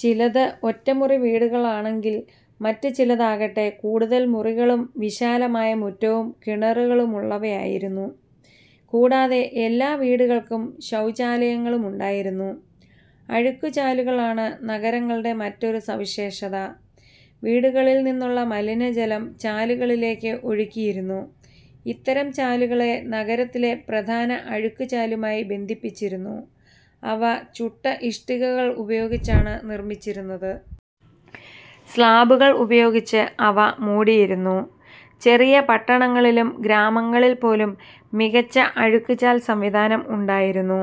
ചിലത് ഒറ്റമുറി വീടുകളാണെങ്കിൽ മറ്റു ചിലതാകട്ടെ കൂടുതൽ മുറികളും വിശാലമായ മുറ്റവും കിണറുകളുമുള്ളവയായിരുന്നു. കൂടാതെ എല്ലാ വീടുകൾക്കും ശൗചാലയങ്ങളുമുണ്ടായിരുന്നു. അഴുക്കുചാലുകളാണ് നഗരങ്ങളുടെ മറ്റൊരു സവിശേഷത. വീടുകളിൽ നിന്നുള്ള മലിനജലം ചാലുകളിലേക്ക് ഒഴുക്കിയിരുന്നു. ഇത്തരം ചാലുകളെ നഗരത്തിലെ പ്രധാന അഴുക്കുചാലുമായി ബന്ധിപ്പിച്ചിരുന്നു. അവ ചുട്ട ഇഷ്ടികകൾ ഉപയോഗിച്ചാണ് നിർമ്മിച്ചിരുന്നത്. സ്ലാബുകൾ ഉപയോഗിച്ച് അവ മൂടിയിരുന്നു. ചെറിയ പട്ടണങ്ങളിലും ഗ്രാമങ്ങളിൽപ്പോലും മികച്ച അഴുക്കുചാൽ സംവിധാനം ഉണ്ടായിരുന്നു.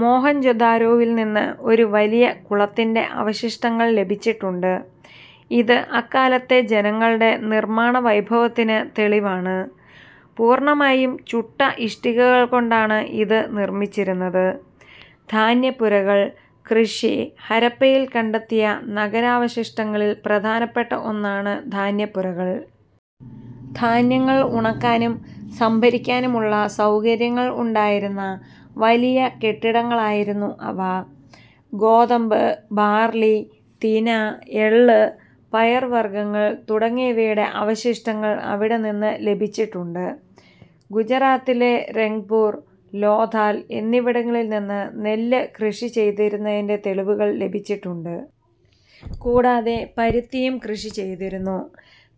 മോഹൻജൊദാരോവിൽനിന്ന് ഒരു വലിയ കുളത്തിന്റെ അവശിഷ്ടങ്ങൾ ലഭിച്ചിട്ടുണ്ട്. ഇത് അക്കാലത്തെ ജനങ്ങളുടെ നിർമാണ വൈഭവത്തിന് തെളിവാണ്. പൂർണ്ണമായും ചുട്ട ഇഷ്ടികകൾകൊണ്ടാണ് ഇത് നിർമിച്ചിരുന്നത്. ധാന്യപ്പുരകൾ, കൃഷി ഹരപ്പയിൽ കണ്ടെത്തിയ നഗരാവശിഷ്ടങ്ങളിൽ പ്രധാനപ്പെട്ട ഒന്നാണ് ധാന്യപ്പുരകൾ. ധാന്യങ്ങൾ ഉണക്കാനും സംഭരിക്കാനുമുള്ള സൗകര്യങ്ങൾ ഉണ്ടായിരുന്ന വലിയ കെട്ടിടങ്ങളായിരുന്നു അവ. ഗോതമ്പ്, ബാർലി, തിന, എള്ള്, പയർവർഗങ്ങൾ തുടങ്ങിയവയുടെ അവശിഷ്ടങ്ങൾ അവിടെ നിന്ന് ലഭിച്ചിട്ടുണ്ട്. ഗുജറാത്തിലെ റംഗ്പൂർ, ലോഥാൽ എന്നിവിടങ്ങളിൽനിന്ന് നെല്ല് കൃഷി ചെയ്തിരുന്നതിന്റെ തെളിവുകൾ ലഭിച്ചിട്ടുണ്ട്. കൂടാതെ പരുത്തിയും കൃഷി ചെയ്തിരുന്നു.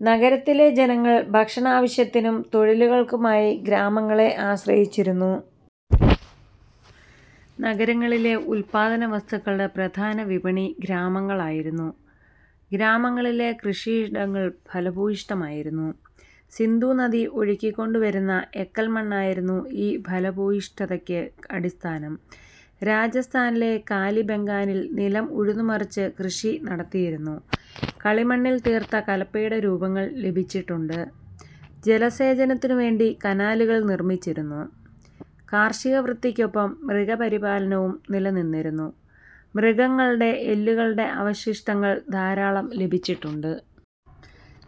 നഗരത്തിലെ ജനങ്ങൾ ഭക്ഷണാവശ്യത്തിനും തൊഴിലുകൾക്കുമായി ഗ്രാമങ്ങളെ ആശ്രയിച്ചിരുന്നു. നഗരങ്ങളിലെ ഉല്പാദനവസ്തുക്കളുടെ പ്രധാന വിപണി ഗ്രാമങ്ങളായിരുന്നു. ഗ്രാമങ്ങളിലെ കൃഷിയിടങ്ങൾ ഫലഭൂയിഷ്ഠമായിരുന്നു. സിന്ധൂനദി ഒഴുക്കിക്കൊണ്ടുവരുന്ന എക്കൽമണ്ണായിരുന്നു ഈ ഫലഭൂയിഷ്ഠതയ്ക്ക് അടിസ്ഥാനം. രാജസ്ഥാനിലെ കാലിബംഗാനിൽ നിലം ഉഴുതുമറിച്ച് കൃഷി നടത്തിയിരുന്നു. കളിമണ്ണിൽ തീർത്ത കലപ്പയുടെ രൂപങ്ങൾ ലഭിച്ചിട്ടുണ്ട്. ജലസേചനത്തിനുവേണ്ടി കനാലുകൾ നിർമിച്ചിരുന്നു. കാർഷികവൃത്തിക്കൊപ്പം മൃഗപരിപാലനവും നിലനിന്നിരുന്നു. മൃഗങ്ങളുടെ എല്ലുകളുടെ അവശിഷ്ടങ്ങൾ ധാരാളം ലഭിച്ചിട്ടുണ്ട്.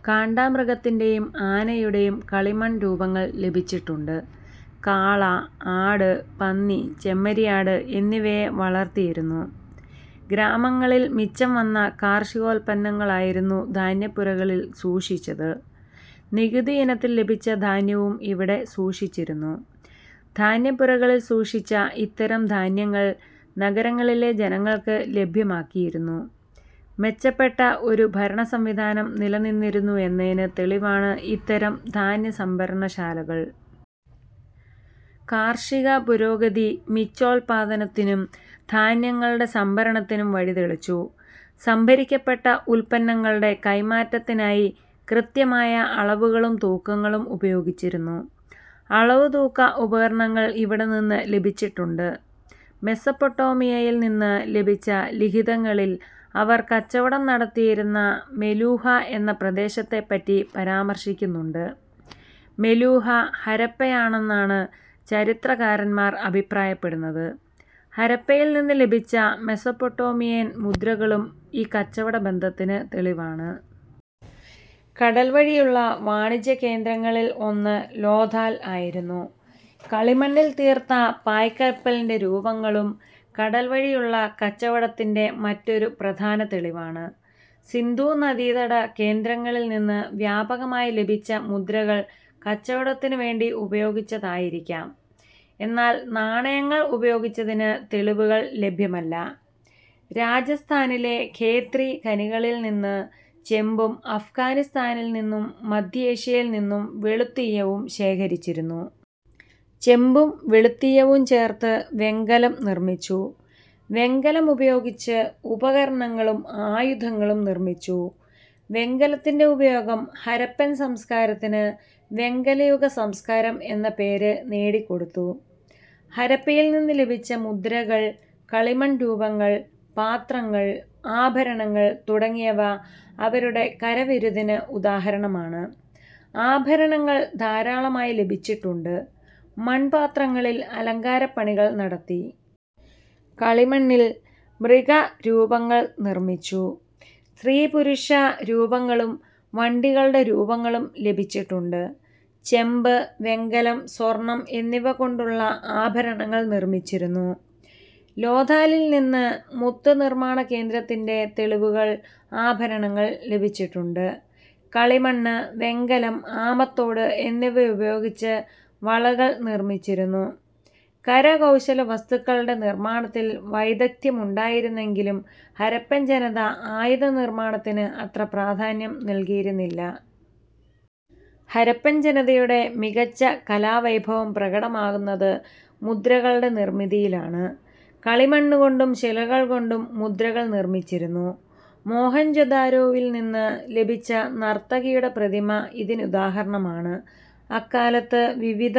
കാണ്ടാ മൃഗത്തിന്റെയും ആനയുടെയും കളിമൺ രൂപങ്ങൾ ലഭിച്ചിട്ടുണ്ട്. കാള, ആട്, പന്നി, ചെമ്മരിയാട് എന്നിവയെ വളർത്തിയിരുന്നു. ഗ്രാമങ്ങളിൽ മിച്ചം വന്ന കാർഷികോത്പന്നങ്ങളായിരുന്നു ധാന്യപ്പുരകളിൽ സൂക്ഷിച്ചത്. നികുതിയിനത്തിൽ ലഭിച്ച ധാന്യവും ഇവിടെ സൂക്ഷിച്ചിരുന്നു. ധാന്യപ്പുരകളിൽ സൂക്ഷിച്ച ഇത്തരം ധാന്യങ്ങൾ നഗരങ്ങളിലെ ജനങ്ങൾക്ക് ലഭ്യമാക്കിയിരുന്നു. മെച്ചപ്പെട്ട ഒരു ഭരണസംവിധാനം നിലനിന്നിരുന്നു എന്നതിന് തെളിവാണ് ഇത്തരം ധാന്യസംഭരണശാലകൾ. കാർഷിക പുരോഗതി മിച്ചോത്പാദനത്തിനും ധാന്യങ്ങളുടെ സംഭരണത്തിനും വഴിതെളിച്ചു. സംഭരിക്കപ്പെട്ട ഉത്പന്നങ്ങളുടെ കൈമാറ്റത്തിനായി കൃത്യമായ അളവുകളും തൂക്കങ്ങളും ഉപയോഗിച്ചിരുന്നു. അളവുതൂക്ക ഉപകരണങ്ങൾ ഇവിടെനിന്ന് ലഭിച്ചിട്ടുണ്ട്. മെസൊപ്പൊട്ടാമിയയിൽനിന്ന് ലഭിച്ച ലിഖിതങ്ങളിൽ അവർ കച്ചവടം നടത്തിയിരുന്ന മെലൂഹ എന്ന പ്രദേശത്തെപ്പറ്റി പരാമർശിക്കുന്നുണ്ട്. മെലൂഹ ഹരപ്പയാണെന്നാണ് ചരിത്രകാരന്മാർ അഭിപ്രായപ്പെടുന്നത്. ഹരപ്പയിൽനിന്ന് ലഭിച്ച മെസൊപ്പൊട്ടാമിയൻ മുദ്രകളും ഈ കച്ചവട ബന്ധത്തിന് തെളിവാണ്. കടൽ വഴിയുള്ള വാണിജ്യകേന്ദ്രങ്ങളിൽ ഒന്ന് ലോഥാൽ ആയിരുന്നു. കളിമണ്ണിൽ തീർത്ത പായ്ക്കപ്പലിന്റെ രൂപങ്ങളും കടൽ വഴിയുള്ള കച്ചവടത്തിന്റെ മറ്റൊരു പ്രധാന തെളിവാണ്. സിന്ധൂനദീതട കേന്ദ്രങ്ങളിൽനിന്ന് വ്യാപകമായി ലഭിച്ച മുദ്രകൾ കച്ചവടത്തിനുവേണ്ടി ഉപയോഗിച്ചതായിരിക്കാം. എന്നാൽ നാണയങ്ങൾ ഉപയോഗിച്ചതിന് തെളിവുകൾ ലഭ്യമല്ല. രാജസ്ഥാനിലെ ഖേത്രി ഖനികളിൽനിന്ന് ചെമ്പും അഫ്ഘാനിസ്ഥാനിൽ നിന്നും മധ്യേഷ്യയിൽ നിന്നും വെളുത്തീയവും ശേഖരിച്ചിരുന്നു. ചെമ്പും വെളുത്തീയവും ചേർത്ത് വെങ്കലം നിർമിച്ചു. വെങ്കലമുപയോഗിച്ച് ഉപകരണങ്ങളും ആയുധങ്ങളും നിർമിച്ചു. വെങ്കലത്തിന്റെ ഉപയോഗം ഹരപ്പൻ സംസ്കാരത്തിന് വെങ്കലയുഗ സംസ്കാരം എന്ന പേര് നേടിക്കൊടുത്തു. ഹരപ്പയിൽനിന്ന് ലഭിച്ച മുദ്രകൾ, കളിമൺരൂപങ്ങൾ, പാത്രങ്ങൾ, ആഭരണങ്ങൾ തുടങ്ങിയവ അവരുടെ കരവിരുതിന് ഉദാഹരണമാണ്. ആഭരങ്ങൾ ധാരാളമായി ലഭിച്ചിട്ടുണ്ട്. മൺപാത്രങ്ങളിൽ അലങ്കാരപണികൾ നടത്തി. കളിമണ്ണിൽ മൃഗരൂപങ്ങൾ നിർമ്മിച്ചു. സ്ത്രീ-പുരുഷ രൂപങ്ങളും വണ്ടികളുടെ രൂപങ്ങളും ലഭിച്ചിട്ടുണ്ട്. ചെമ്പ്, വെങ്കലം, സ്വർണം എന്നിവ കൊണ്ടുള്ള ആഭരണങ്ങൾ നിർമിച്ചിരുന്നു. ലോഥാലിൽ നിന്ന് മുത്ത് നിർമാണ കേന്ദ്രത്തിന്റെ തെളിവുകൾ ആഭരണങ്ങൾ ലഭിച്ചിട്ടുണ്ട്. കളിമണ്ണ്, വെങ്കലം, ആമത്തോട് എന്നിവ ഉപയോഗിച്ച് വളകൾ നിർമിച്ചിരുന്നു. കരകൗശലവസ്തുക്കളുടെ നിർമാണത്തിൽ വൈദഗ്ധ്യമുണ്ടായിരുന്നെങ്കിലും ഹരപ്പൻ ജനത ആയുധ നിർമാണത്തിന് അത്ര പ്രാധാന്യം നൽകിയിരുന്നില്ല. ഹരപ്പൻ ജനതയുടെ മികച്ച കലാവൈഭവം പ്രകടമാകുന്നത് മുദ്രകളുടെ നിർമിതിയിലാണ്. കളിമണ്ണുകൊണ്ടും ശിലകൾകൊണ്ടും മുദ്രകൾ നിർമിച്ചിരുന്നു. മോഹൻജൊദാരൊവിൽനിന്ന് ലഭിച്ച നർത്തകിയുടെ പ്രതിമ ഇതിനുദാഹരണമാണ്. അക്കാലത്ത് വിവിധ